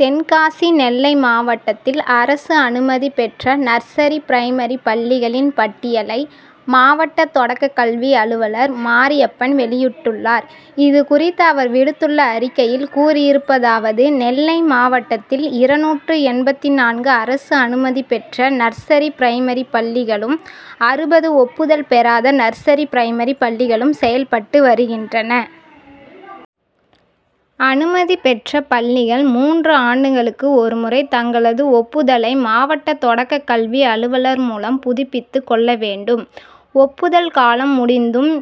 தென்காசி நெல்லை மாவட்டத்தில் அரசு அனுமதி பெற்ற நர்சரி பிரைமரி பள்ளிகளின் பட்டியலை மாவட்ட தொடக்கக்கல்வி அலுவலர் மாரியப்பன் வெளியிட்டுள்ளார். இதுகுறித்து அவர் விடுத்துள்ள அறிக்கையில் கூறியிருப்பதாவது நெல்லை மாவட்டத்தில் இருநூற்று எண்பத்து நான்கு அரசு அனுமதி பெற்ற நர்சரி பிரைமரி பள்ளிகளும் அறுபது ஒப்புதல் பெறாத நர்சரி பிரைமரி பள்ளிகளும் செயல்பட்டு வருகின்றன. அனுமதி பெற்ற பள்ளிகள் மூன்று ஆண்டுகளுக்கு ஒரு முறை தங்களது ஒப்புதலை மாவட்ட தொடக்கக்கல்வி அலுவலர் மூலம் புதுப்பித்து கொள்ள வேண்டும். ஒப்புதல் காலம் முடிந்தும்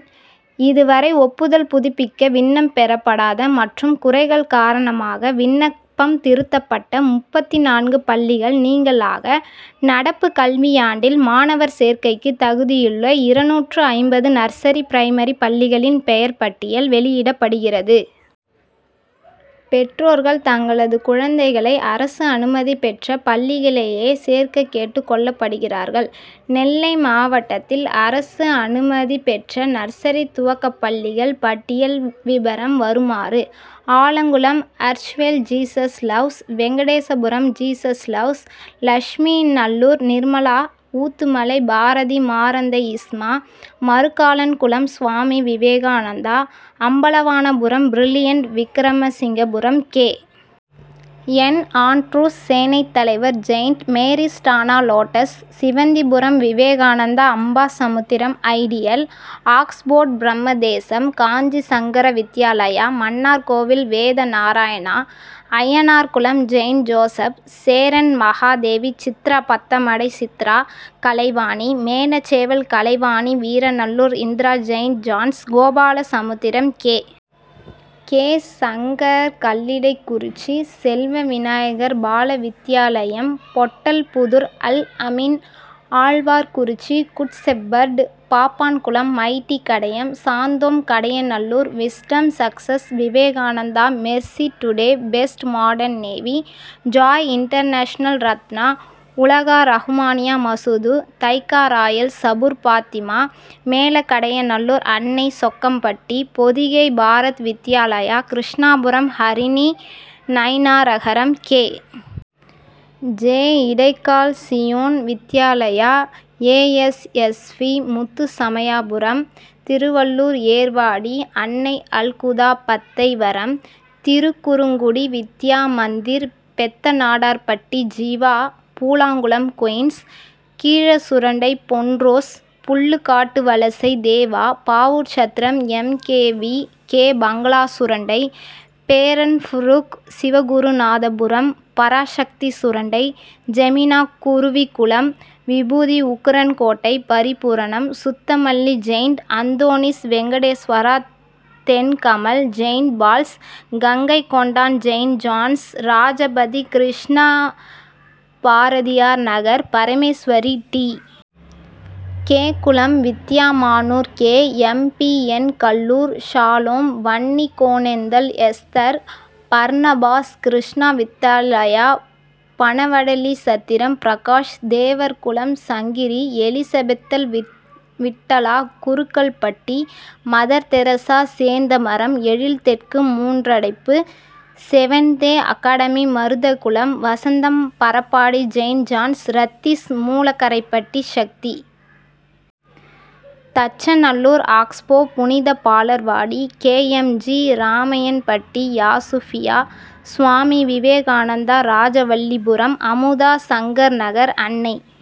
இதுவரை ஒப்புதல் புதுப்பிக்க விண்ணப்பம் பெறப்படாத மற்றும் குறைகள் காரணமாக விண்ணப்பம் திருப்பப்பட்ட முப்பத்து நான்கு பள்ளிகள் நீங்கலாக நடப்பு கல்வியாண்டில் மாணவர் சேர்க்கைக்கு தகுதியுள்ள இருநூற்று ஐம்பது நர்சரி பிரைமரி பள்ளிகளின் பெயர் பட்டியல் வெளியிடப்படுகிறது. பெற்றோர் தங்கள் குழந்தைகளை அரசு அனுமதி பெற்ற பள்ளிகளிலேயே சேர்க்க கேட்டுக் கொள்ளப்படுகிறார்கள். நெல்லை மாவட்டத்தில் அரசு அனுமதி பெற்ற நர்சரி துவக்கப்பள்ளிகள் பட்டியல் விபரம் வருமாறு Alangulam அர்ச்வெல் Jesus loves Venkatesapuram Jesus loves Lakshmi Nallur Nirmala Oothumalai Bharathi Maranthai Isma Marukkalankulam Swami Vivekananda Ambalavanapuram brilliant Vikramasingapuram K. N. Andrews Senaithalaivar Saint Mary's டானா lotus Sivanthipuram Vivekananda Ambasamudram ideal Oxford Brahmadesam Kanchi Sankara Vidyalaya Mannarkovil Vedanarayana Ayyanarkulam Saint Joseph Cheranmahadevi Chitra Pathamadai Chitra Kalaivani. Melacheval Kalaivani Veeravanallur Indira Saint John's Gopalasamudram K. K. Shankar Kallidaikurichi Selva Vinayagar Balavidyalayam Pottalpudur Alameen Alwarkurichi Good Shepherd Pappankulam mighty Kadayam Santhome Kadayanallur wisdom success Vivekananda Mercy today best modern navy Joy international Ratna Ulaga Rahmaniya Masood Thaika Royal Sabur Fathima Melakadayanallur Annai Sokkampatti Pothigai Bharat Vidyalaya Krishnapuram Harini Nainaragaram K. J. Idaikal Zion Vidyalaya A. S. S. P. Muthusamiyapuram Thiruvalluvar Ervadi Annai Alhuda Pathai வரம் Thirukkurungudi Vidya Mandir Pethanadarpatti Jeeva Poolangulam Queen's. Keezhasurandai பொன்ரோஸ் Pullukattuvalasai Deva Pavoorchatram M. K. V. K. Bangala Surandai பேரன்புரூக் Sivagurunathapuram Parasakthi Surandai ஜெமினா Kuruvikulam Bhoopathi Ukkirankottai Paripooranam Suthamalli Saint Antony's Venkateswara Thenkamal Saint Paul's Gangaikondan Saint John's Rajapathi Krishna Bharathiyarnagar Parameswari T. K. Kulam Vidya Manur K. M. P. N. Kallur Shalom Vannikonendal Esther Barnabas Krishna Vidyalaya Panavadalichatram Prakash Devarkulam Sankari எலிசபெத்தல் Vittala Kurukkalpatti Mother Teresa Sernthamaram Ezhil தெற்கு Moondradaippu Seventh Day Academy Maruthakulam Vasantham Parappadi Saint John's ரத்தீஸ் மூலைக்கரைப்பட்டி சக்தி. தச்சநல்லூர் ஆக்ஸ்போ புனித பாலர்வாடி K. M. G. Ramaiyanpatti யாசுபியா Swami Vivekananda Rajavallipuram Amudha Sankar Nagar அன்னை